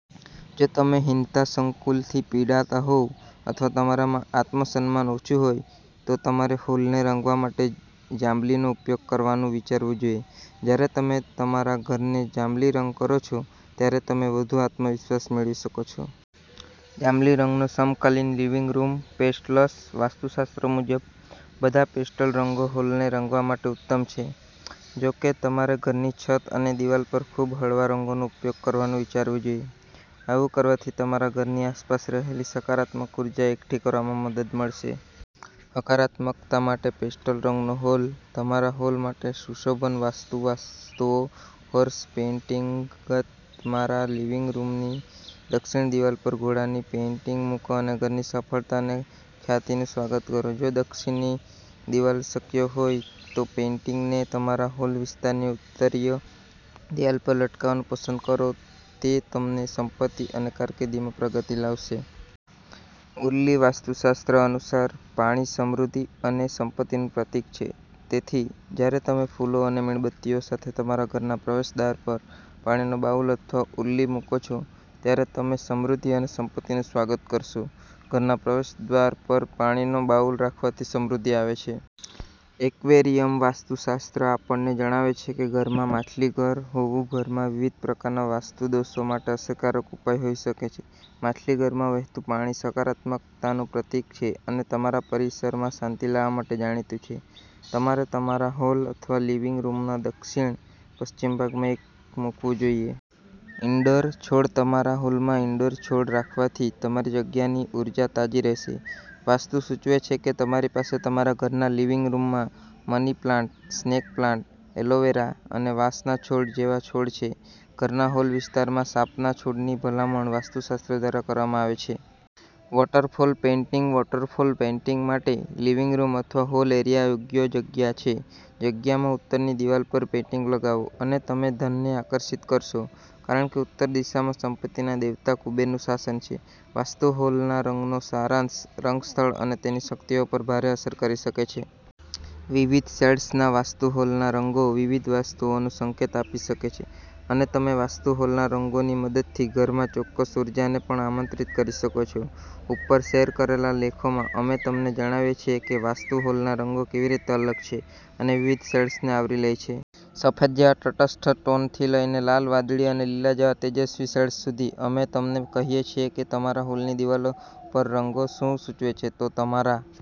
જો તમે હીનતા સંકુલથી પીડાતા હોવ અથવા તમારામાં આત્મસન્માન ઓછું હોય, તો તમારે હોલને રંગવા માટે જાંબલીનો ઉપયોગ કરવાનું વિચારવું જોઈએ. જ્યારે તમે તમારા ઘરને જાંબલી રંગ કરો છો ત્યારે તમે વધુ આત્મવિશ્વાસ મેળવી શકો છો. જાંબલી રંગનો સમકાલીન લિવિંગ રૂમ પેસ્ટલ્સ વાસ્તુશાસ્ત્ર મુજબ, બધા પેસ્ટલ રંગો હોલને રંગવા માટે ઉત્તમ છે. જો કે, તમારે ઘરની છત અને દિવાલ પર ખૂબહળવા રંગોનો ઉપયોગ કરવાનું વિચારવું જોઈએ. આવું કરવાથી તમારા ઘરની આસપાસ રહેલી સકારાત્મક ઉર્જા એકઠી કરવામાં મદદ મળશે. હકારાત્મકતા માટે પેસ્ટલ રંગનો હોલ તમારા હોલ માટે સુશોભન વાસ્તુ વસ્તુઓ હોર્સ પેઇન્ટિંગતમારા લિવિંગ રૂમની દક્ષિણ દિવાલ પર ઘોડાની પેઇન્ટિંગ મૂકો અને ઘરની સફળતા અને ખ્યાતિનું સ્વાગત કરો. જો દક્ષિણની દિવાલ શક્યહોય, તોપેઇન્ટિંગને તમારા હોલ વિસ્તારની ઉત્તરીય દિવાલ પર લટકાવવાનું પસંદ કરોતે તમને સંપત્તિ અને કારકિર્દીમાં પ્રગતિ લાવશે. ઉરલીવાસ્તુશાસ્ત્ર અનુસાર, પાણી સમૃદ્ધિ અને સંપત્તિનું પ્રતીક છે. તેથી, જ્યારે તમે ફૂલો અને મીણબત્તીઓ સાથે તમારા ઘરના પ્રવેશદ્વાર પર પાણીનો બાઉલ અથવા ઉર્લી મૂકો છો ત્યારે તમે સમૃદ્ધિ અને સંપત્તિનું સ્વાગત કરશો. ઘરના પ્રવેશદ્વાર પર પાણીનો બાઉલ રાખવાથી સમૃદ્ધિ આવે છે. એક્વેરિયમવાસ્તુશાસ્ત્ર આપણને જણાવે છે કે ઘરમાં માછલીઘર હોવુંઘરમાં વિવિધ પ્રકારના વાસ્તુ દોષો માટે અસરકારક ઉપાય હોઈ શકે છે. માછલીઘરમાં વહેતું પાણી સકારાત્મકતાનું પ્રતીક છે અને તમારા પરિસરમાં શાંતિ લાવવા માટે જાણીતું છે. તમારે તમારા હોલ અથવા લિવિંગ રૂમના દક્ષિણ-પશ્ચિમ ભાગમાં એક મૂકવું જોઈએ. ઇન્ડોર છોડતમારા હોલમાં ઇન્ડોર છોડ રાખવાથી તમારી જગ્યાની ઉર્જા તાજી રહેશે. વાસ્તુ સૂચવે છે કે તમારી પાસે તમારા ઘરના લિવિંગ રૂમમાં money plant, snake plant, aloe vera અને વાંસના છોડ જેવા છોડ છે. ઘરના હોલ વિસ્તારમાં સાપના છોડની ભલામણ વાસ્તુશાસ્ત્ર દ્વારા કરવામાં આવે છે. વોટરફોલ પેઇન્ટિંગવોટરફોલ પેઇન્ટિંગ માટે લિવિંગ રૂમ અથવા હોલ એરિયા યોગ્ય જગ્યા છે. જગ્યામાં ઉત્તરની દીવાલ પર પેઇન્ટિંગ લગાવો અને તમે ધનને આકર્ષિત કરશો કારણ કે ઉત્તર દિશામાં સંપત્તિના દેવતા કુબેરનું શાસન છે. વાસ્તુ હોલના રંગનો સારાંશ રંગ સ્થળ અને તેની શક્તિઓ પર ભારે અસર કરી શકે છે. વિવિધ શેડ્સના વાસ્તુ હોલના રંગો વિવિધ વસ્તુઓનો સંકેત આપી શકે છે અને તમે વાસ્તુ હોલના રંગોની મદદથી ઘરમાં ચોક્કસ ઊર્જાને પણ આમંત્રિત કરી શકો છો. ઉપર શેર કરેલા લેખોમાં, અમે તમને જણાવીએ છીએ કે વાસ્તુ હોલના રંગો કેવી રીતે અલગ છે અને વિવિધ શેડ્સને આવરી લે છે. સફેદ જેવા તટસ્થ ટોનથી લઈને લાલ, વાદળી અને લીલા જેવા તેજસ્વી શેડ્સ સુધી, અમે અમને કહીએ છીએ કે તમારા હોલની દિવાલો પરરંગો શું સૂચવે છે. તો તમારા